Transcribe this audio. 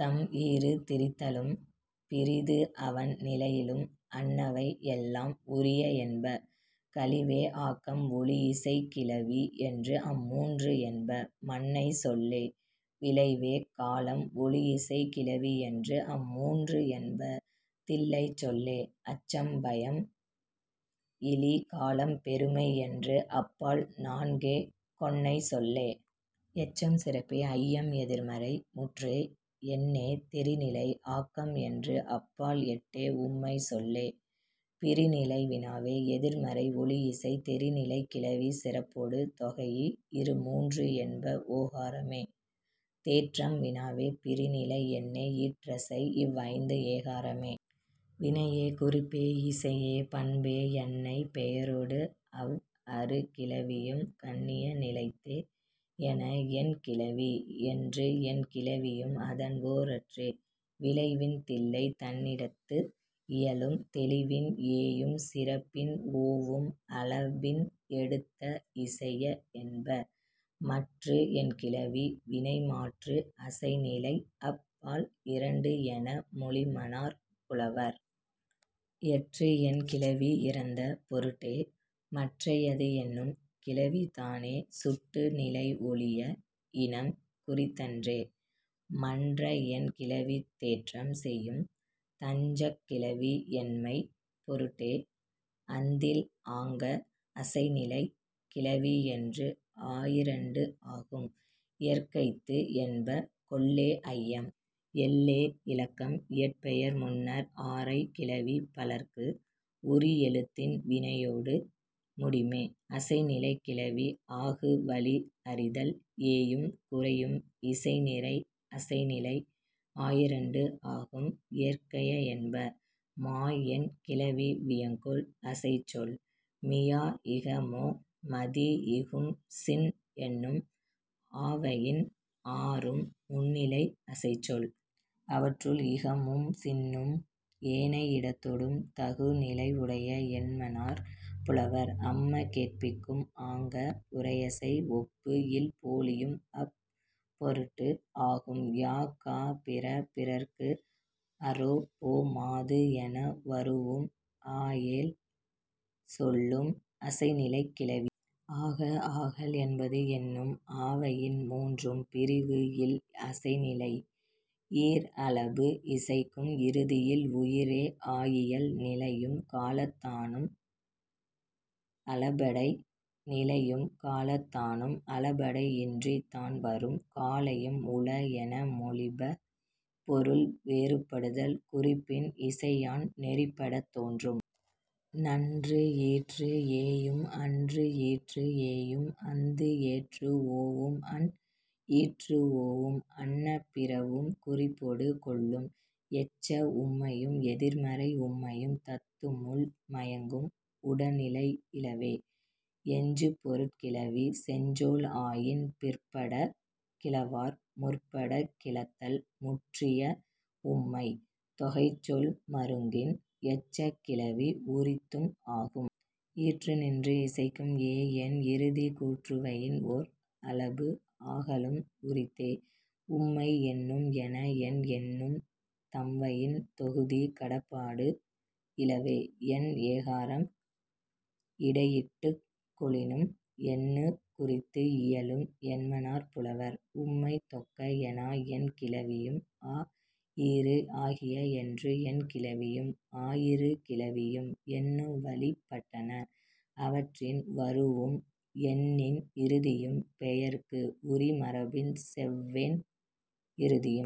தம் ஈறு திரிதலும் பிறிது அவண் நிலையலும் அன்னவை எல்லாம் உரிய என்ப. கழிவே ஆக்கம் ஒழியிசைக் கிளவி என்று அம் மூன்று என்ப மன்னைச் சொல்லே. விழைவே காலம் ஒழியிசைக் கிளவி என்று அம் மூன்று என்ப தில்லைச் சொல்லே. அச்சம் பயம் இலி காலம் பெருமை என்று அப் பால் நான்கே கொன்னைச் சொல்லே. எச்சம் சிறப்பே ஐயம் எதிர்மறை முற்றே எண்ணே தெரிநிலை ஆக்கம் என்று அப் பால் எட்டே உம்மைச் சொல்லே. பிரிநிலை வினாவே எதிர்மறை ஒழியிசை தெரிநிலைக் கிளவி சிறப்பொடு தொகைஇ இரு மூன்று என்ப ஓகாரம்மே. தேற்றம் வினாவே பிரிநிலை எண்ணே ஈற்றசை இவ் ஐந்து ஏகாரம்மே. வினையே குறிப்பே இசையே பண்பே எண்ணே பெயரொடு அவ் அறு கிளவியும் கண்ணிய நிலைத்தே என என் கிளவி. என்று என் கிளவியும் அதன் ஓரற்றே. விழைவின் தில்லை தன்னிடத்து இயலும். தெளிவின் ஏயும் சிறப்பின் ஓவும் அளபின் எடுத்த இசைய என்ப. மற்று என் கிளவி வினைமாற்று அசைநிலை அப் பால் இரண்டு என மொழிமனார் புலவர். எற்று என் கிளவி இறந்த பொருட்டே. மற்றையது என்னும் கிளவிதானே சுட்டு நிலை ஒழிய இனம் குறித்தன்றே. மன்ற என் கிளவி தேற்றம் செய்யும். தஞ்சக் கிளவி எண்மைப் பொருட்டே. அந்தில் ஆங்க அசைநிலைக் கிளவி என்று ஆயிரண்டு ஆகும் இயற்கைத்து என்ப. கொல்லே ஐயம். எல்லே இலக்கம். இயற்பெயர் முன்னர் ஆரைக் கிளவி பலர்க்கு உரி எழுத்தின் வினையொடு முடிமே. அசைநிலைக் கிளவி ஆகு வழி அறிதல். ஏயும் குரையும் இசைநிறை அசைநிலை ஆயிரண்டு ஆகும் இயற்கைய என்ப. மா என் கிளவி வியங்கோள் அசைச்சொல். மியா இக மோ மதி இகும் சின் என்னும் ஆவயின் ஆறும் முன்னிலை அசைச்சொல். அவற்றுள், இகுமும் சின்னும் ஏனை இடத்தொடும் தகு நிலை உடைய என்மனார் புலவர். அம்ம கேட்பிக்கும். ஆங்க உரையசை. ஒப்பு இல் போலியும் அப் பொருட்டு ஆகும். யா கா பிற பிறர்க்கு அரோ போ மாது என வரூஉம் ஆயேழ் சொல்லும் அசைநிலைக் கிளவி. ஆக ஆகல் என்பது என்னும் ஆவயின் மூன்றும் பிரிவு இல் அசைநிலை. ஈர் அளபு இசைக்கும் இறுதியில் உயிரே ஆயியல் நிலையும் காலத்தானும் அளபெடை நிலையும் காலத்தானும் அளபெடை இன்றித் தான் வரும் காலையும் உள என மொழிப பொருள் வேறுபடுதல் குறிப்பின் இசையான் நெறிப்படத் தோன்றும். நன்று ஈற்று ஏயும் அன்று ஈற்று ஏயும் அந்து ஈற்று ஓவும் அன் ஈற்று ஓவும் அன்ன பிறவும் குறிப்பொடு கொள்ளும். எச்ச உம்மையும் எதிர்மறை உம்மையும் தத்தமுள் மயங்கும் உடனிலை இலவே. எஞ்சுபொருட் கிளவி செஞ்சொல் ஆயின் பிற்படக் கிளவார் முற்படக் கிளத்தல். முற்றிய உம்மைத் தொகைச்சொல் மருங்கின் எச்சக் கிளவி உரித்தும் ஆகும். ஈற்று நின்று இசைக்கும் ஏ என் இறுதி கூற்றுவயின் ஒர் அளபு ஆகலும் உரித்தே. உம்மை எண்ணும் என என் எண்ணும் தம்வயின் தொகுதி கடப்பாடு இலவே. எண் ஏகாரம் இடையிட்டுக் கொளினும் எண்ணுக் குறித்து இயலும் என்மனார் புலவர். உம்மை தொக்க எனா என் கிளவியும் ஆ ஈறு ஆகிய என்று என் கிளவியும் ஆயிரு கிளவியும் எண்ணுவழிப் பட்டன. அவற்றின் வரூஉம் எண்ணின் இறுதியும் பெயர்க்கு உரி மரபின் செவ்வெண் இறுதியும்